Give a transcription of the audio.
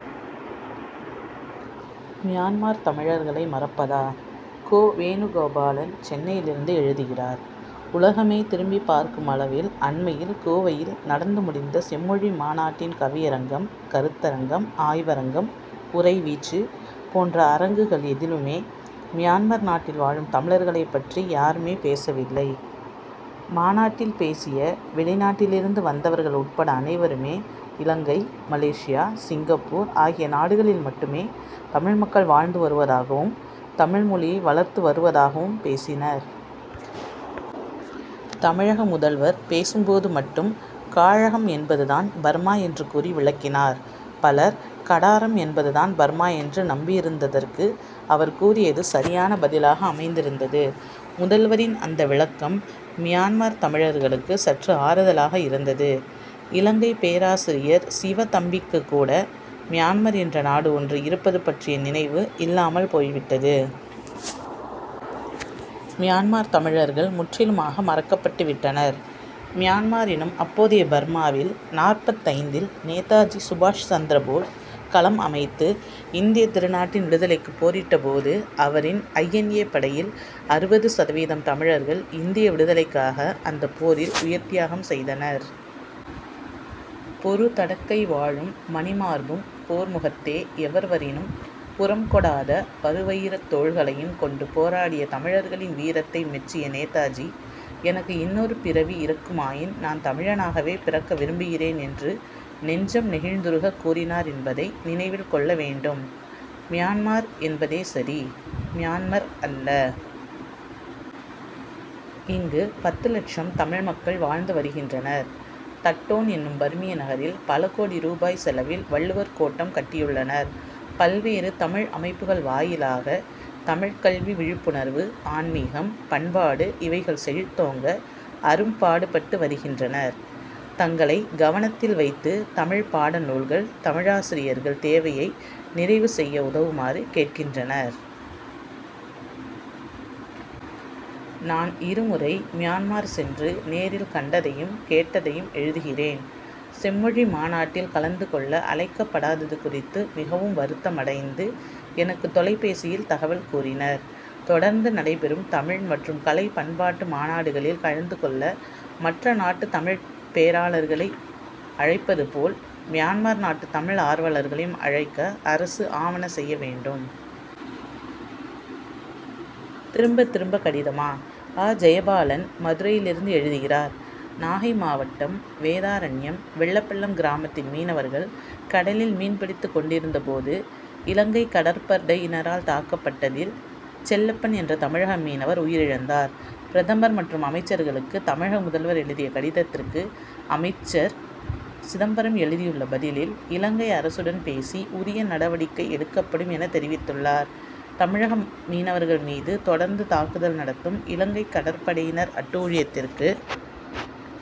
Myanmar தமிழர்களை மறப்பதா? கோ. வேணுகோபாலன், சென்னையிலிருந்து எழுதுகிறார் உலகமே திரும்பிப் பார்க்குமளவில், அண்மையில் கோவையில் நடந்து முடிந்த செம்மொழி மாநாட்டின் கவியரங்கம், கருத்தரங்கம், ஆய்வரங்கம் உரை வீச்சு போன்ற அரங்குகள் எதிலுமே, மியன்மார் நாட்டில் வாழும் தமிழர்களைப் பற்றி யாருமே பேசவில்லை. மாநாட்டில் பேசிய, வெளிநாட்டிலிருந்து வந்தவர்கள் உட்பட அனைவருமே, இலங்கை, மலேசியா, சிங்கப்பூர் ஆகிய நாடுகளில் மட்டுமே தமிழ் மக்கள் வாழ்ந்து வருவதாகவும், தமிழ்மொழியை வளர்த்து வருவதாகவும் பேசினர். தமிழக முதல்வர் பேசும் போது மட்டும், காழகம்' என்பது தான் பர்மா என்று கூறி விளக்கினார். பலர், கடாரம்' என்பது தான் பர்மா என்று நம்பியிருந்ததற்கு, அவர் கூறியது சரியான பதிலாக அமைந்திருந்தது. முதல்வரின் அந்த விளக்கம், மியன்மார் தமிழர்களுக்கு சற்று ஆறுதலாக இருந்தது. இலங்கைப் பேராசிரியர் சிவத்தம்பிக்குக் கூட, மியன்மார்' என்ற நாடு ஒன்று இருப்பது பற்றிய நினைவு இல்லாமல் போய்விட்டது. மியன்மார் தமிழர்கள், முற்றிலுமாக மறக்கப்பட்டுவிட்டனர். மியன்மார்' எனும் அப்போதைய பர்மா'வில், நாற்பத்தைந்தில், நேதாஜி சுபாஷ் சந்திரபோஸ் களம் அமைத்து, இந்தியத் திருநாட்டின் விடுதலைக்குப் போரிட்ட போது, அவரின் ஐ. என். ஏ., படையில், அறுபது சதவீதம் தமிழர்கள், இந்திய விடுதலைக்காக, அந்தப் போரில் உயிர்த்தியாகம் செய்தனர். பொருதடக்கை வாளும், மணிமார்பும் போர் முகத்தே எவர்வரினும் புறங்கொடாத பருவயிரத் தோள்களையும் கொண்டு போராடிய தமிழர்களின் வீரத்தை மெச்சிய நேதாஜி, எனக்கு இன்னொரு பிறவி இருக்குமாயின், நான் தமிழனாகவே பிறக்க விரும்புகிறேன்' என்று, நெஞ்சம் நெகிழ்ந்துருகக் கூறினார் என்பதை நினைவில் கொள்ள வேண்டும். மியன்மார் என்பதே சரி; மியான்மர் அல்ல. இங்கு பத்து லட்சம் தமிழ் மக்கள் வாழ்ந்து வருகின்றனர். தட்டோன்' எனும் பர்மிய நகரில், பல கோடி ரூபாய் செலவில், வள்ளுவர் கோட்டம் கட்டியுள்ளனர். பல்வேறு தமிழ் அமைப்புகள் வாயிலாக, தமிழ்க் கல்வி விழிப்புணர்வு, ஆன்மிகம், பண்பாடு இவைகள் செழித்தோங்க, அரும்பாடுபட்டு வருகின்றனர். தங்களைக் கவனத்தில் வைத்து, தமிழ்ப்பாட நூல்கள், தமிழாசிரியர்கள் தேவையை நிறைவு செய்ய உதவுமாறு கேட்கின்றனர். நான் இருமுறை மியன்மார் சென்று நேரில் கண்டதையும், கேட்டதையும் எழுதுகிறேன். செம்மொழி மாநாட்டில் கலந்து கொள்ள அழைக்கப்படாதது குறித்து மிகவும் வருத்தமடைந்து, எனக்கு தொலைபேசியில் தகவல் கூறினர். தொடர்ந்து நடைபெறும் தமிழ் மற்றும் கலை பண்பாட்டு மாநாடுகளில் கலந்து கொள்ள, மற்ற நாட்டுத் தமிழ்ப் பேராளர்களை அழைப்பது போல், மியன்மார் நாட்டுத் தமிழ் ஆர்வலர்களையும் அழைக்க, அரசு ஆவன செய்ய வேண்டும். திரும்ப திரும்ப கடிதமா? அ. ஜெயபாலன், மதுரையிலிருந்து எழுதுகிறார் நாகை மாவட்டம் வேதாரண்யம், வெள்ளப்பள்ளம் கிராமத்தின் மீனவர்கள், கடலில் மீன் பிடித்து கொண்டிருந்த போது, இலங்கை கடற்படையினரால் தாக்கப்பட்டதில், செல்லப்பன் என்ற தமிழக மீனவர் உயிரிழந்தார். பிரதமர் மற்றும் அமைச்சர்களுக்கு, தமிழக முதல்வர் எழுதிய கடிதத்திற்கு, உள்துறை அமைச்சர் சிதம்பரம் எழுதியுள்ள பதிலில், இலங்கை அரசுடன் பேசி உரிய நடவடிக்கை எடுக்கப்படும்' என தெரிவித்துள்ளார். தமிழக மீனவர்கள் மீது தொடர்ந்து தாக்குதல் நடத்தும் இலங்கை கடற்படையினர் அட்டூழியத்திற்கு